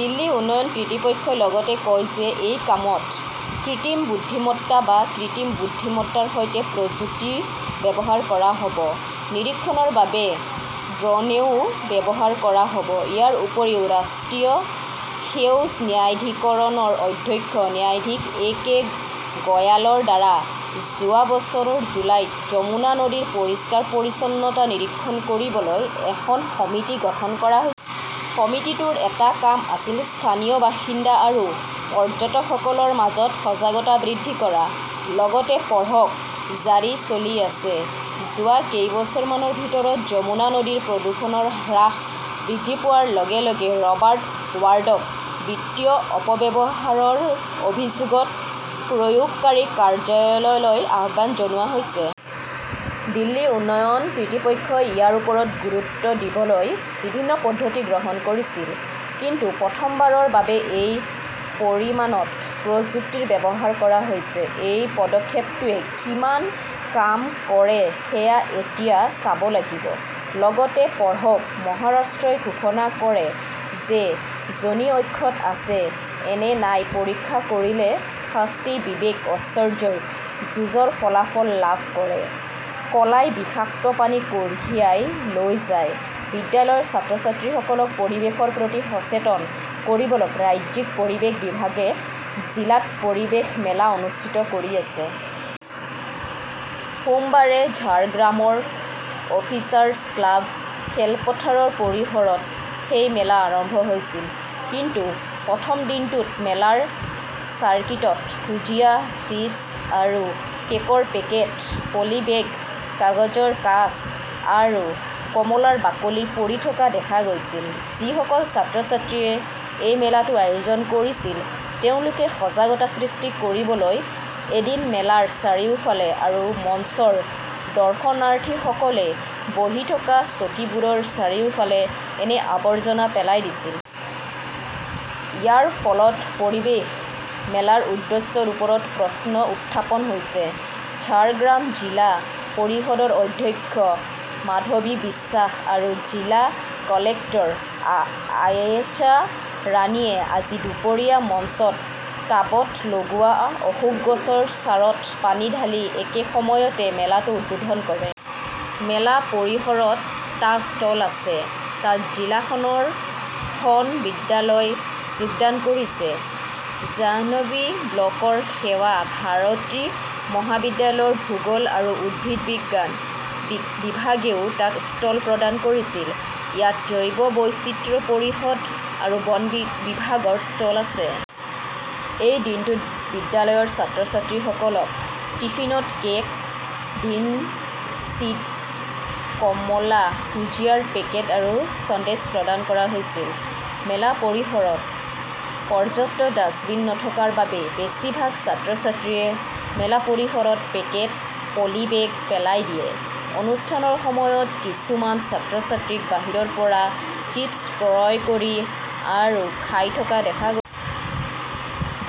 দিল্লী উন্নয়ন কৰ্তৃপক্ষই লগতে কয় যে এই কামত কৃত্ৰিম বুদ্ধিমত্তা বা কৃত্ৰিম বুদ্ধিমত্তাৰ সৈতে প্ৰযুক্তি ব্যৱহাৰ কৰা হ 'ব; নিৰীক্ষণৰ বাবে ড্ৰোনও ব্যৱহাৰ কৰা হ' ব। ইয়াৰ উপৰিও, ৰাষ্ট্ৰীয় সেউজ ন্যায়াধিকৰণৰ অধ্যক্ষ ন্যায়াধীশ এ কে গয়ালৰ দ্বাৰা যোৱা বছৰৰ জুলাইত যমুনা নদীৰ পৰিষ্কাৰ-পৰিচ্ছন্নতা নিৰীক্ষণ কৰিবলৈ এখন সমিতি গঠন কৰা হৈছিল। সমিতিটোৰ এটা কাম আছিল স্থানীয় বাসিন্দা আৰু পৰ্যটকসকলৰ মাজত সজাগতা বৃদ্ধি কৰা। লগতে পঢ়কঃ জাৰী চলি আছে, যোৱা কেইবছৰমানৰ ভিতৰত যমুনা নদীৰ প্ৰদূষণৰ হাৰ বৃদ্ধি পোৱাৰ লগে লগে ৰবাৰ্ট ৱাড্ৰাক বিত্তীয় অপব্যৱহাৰৰ অভিযোগত প্ৰয়োগকাৰী কাৰ্যালয়লৈ আহ্বান জনোৱা হৈছে। দিল্লী উন্নয়ন কৰ্তৃপক্ষই ইয়াৰ ওপৰত গুৰুত্ব দিবলৈ বিভিন্ন পদ্ধতি গ্ৰহণ কৰিছিল। কিন্তু প্ৰথমবাৰৰ বাবে এই পৰিমাণত প্ৰযুক্তিৰ ব্যৱহাৰ কৰা হৈছে। এই পদক্ষেপটোৱে কিমান কাম কৰে সেয়া এতিয়া চাব লাগিব। লগতে পঢ়কঃ মহাৰাষ্ট্ৰই ঘোষণা কৰে যে যোনি অক্ষত আছে নে নাই পৰীক্ষা কৰিলে শাস্তি, বিবেক-ঐশ্বৰ্যই যুঁজৰ ফলাফল লাভ কৰে কৰ্লাই বিষাক্ত পানী কঢ়িয়াই লৈ যায় বিদ্যালয়ৰ ছাত্ৰ-ছাত্ৰীসকলক পৰিৱেশৰ প্ৰতি সচেতন কৰিবলৈ ৰাজ্যিক পৰিৱেশ বিভাগে জিলাত পৰিৱেশ মেলা অনুষ্ঠিত কৰি আছে। সোমবাৰে ঝাৰগ্ৰামৰ অফিচাৰ্ছ ক্লাব খেলপথাৰৰ পৰিসৰত সেই মেলা আৰম্ভ হৈছিল। কিন্তু প্ৰথম দিনটোত মেলাৰ চাৰ্কিটত ভুজিয়া, চিপছ আৰু কেকৰ পেকেট, পলিব্যাগ, কাগজৰ কাঁচ আৰু কমলাৰ বাকলি পৰি থকা দেখা গৈছিল। যিসকল ছাত্ৰ-ছাত্ৰীয়ে এই মেলাটো আয়োজন কৰিছিল, তেওঁলোকে সজাগতা সৃষ্টি কৰিবলৈ এদিন মেলাৰ চাৰিওফালে আৰু মঞ্চৰ দৰ্শনাৰ্থীসকলে বহি থকা চকীবোৰৰ চাৰিওফালে এনে আৱৰ্জনা পেলাই দিছিল। ইয়াৰ ফলত পৰিৱেশ মেলাৰ উদ্দেশ্যৰ ওপৰত প্ৰশ্ন উত্থাপন হৈছে। ঝাৰগ্ৰাম জিলা পৰিষদৰ অধ্যক্ষ মাধৱী বিশ্বাস আৰু জিলা কালেক্টৰ আয়েশা ৰাণীয়ে আজি দুপৰীয়া মঞ্চত টাবত লগোৱা অশোক গছৰ চাৰত পানী ঢালি একে সময়তে মেলাটো উদ্বোধন কৰে। মেলা পৰিসৰত টা ষ্টল আছে। তাত জিলাখনৰ খন বিদ্যালয় যোগদান কৰিছে। জাম্বনী ব্লকৰ সেৱা ভাৰতী মহাবিদ্যালয়ৰ ভূগোল আৰু উদ্ভিদ বিজ্ঞান বিভাগেও তাত ষ্টল প্ৰদান কৰিছিল। ইয়াত জৈৱ বৈচিত্ৰ্য পৰিষদ আৰু বন বিভাগৰ ষ্টল আছে। এই দিনটোত বিদ্যালয়ৰ ছাত্ৰ-ছাত্ৰীসকলক টিফিনত কেক, ডিমছিদ, কমলা, ভুজিয়াৰ পেকেট আৰু সন্দেশ প্ৰদান কৰা হৈছিল। মেলা পৰিসৰত পৰ্যাপ্ত ডাস্টবিন নথকাৰ বাবে বেছিভাগ ছাত্ৰ-ছাত্ৰীয়ে মেলা পৰিসৰত পেকেট, পলিবেগ পেলাই দিয়ে। অনুষ্ঠানৰ সময়ত কিছুমান ছাত্ৰ-ছাত্ৰীক বাহিৰৰ পৰা চিপ ক্ৰয় কৰি আৰু খাই থকা দেখা গৈছিল।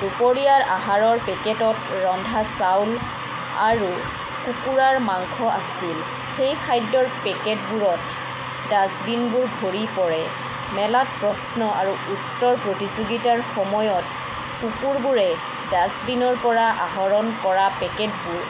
দুপৰীয়াৰ আহাৰৰ পেকেটত ৰন্ধা চাউল আৰু কুকুৰাৰ মাংস আছিল। সেই খাদ্যৰ পেকেটবোৰত ডাষ্টবিনবোৰ ভৰি পৰে। মেলাত প্ৰশ্ন আৰু উত্তৰ প্ৰতিযোগিতাৰ সময়ত, কুকুৰবোৰে ডাস্টবিনৰ পৰা আহৰণ কৰা পেকেটবোৰ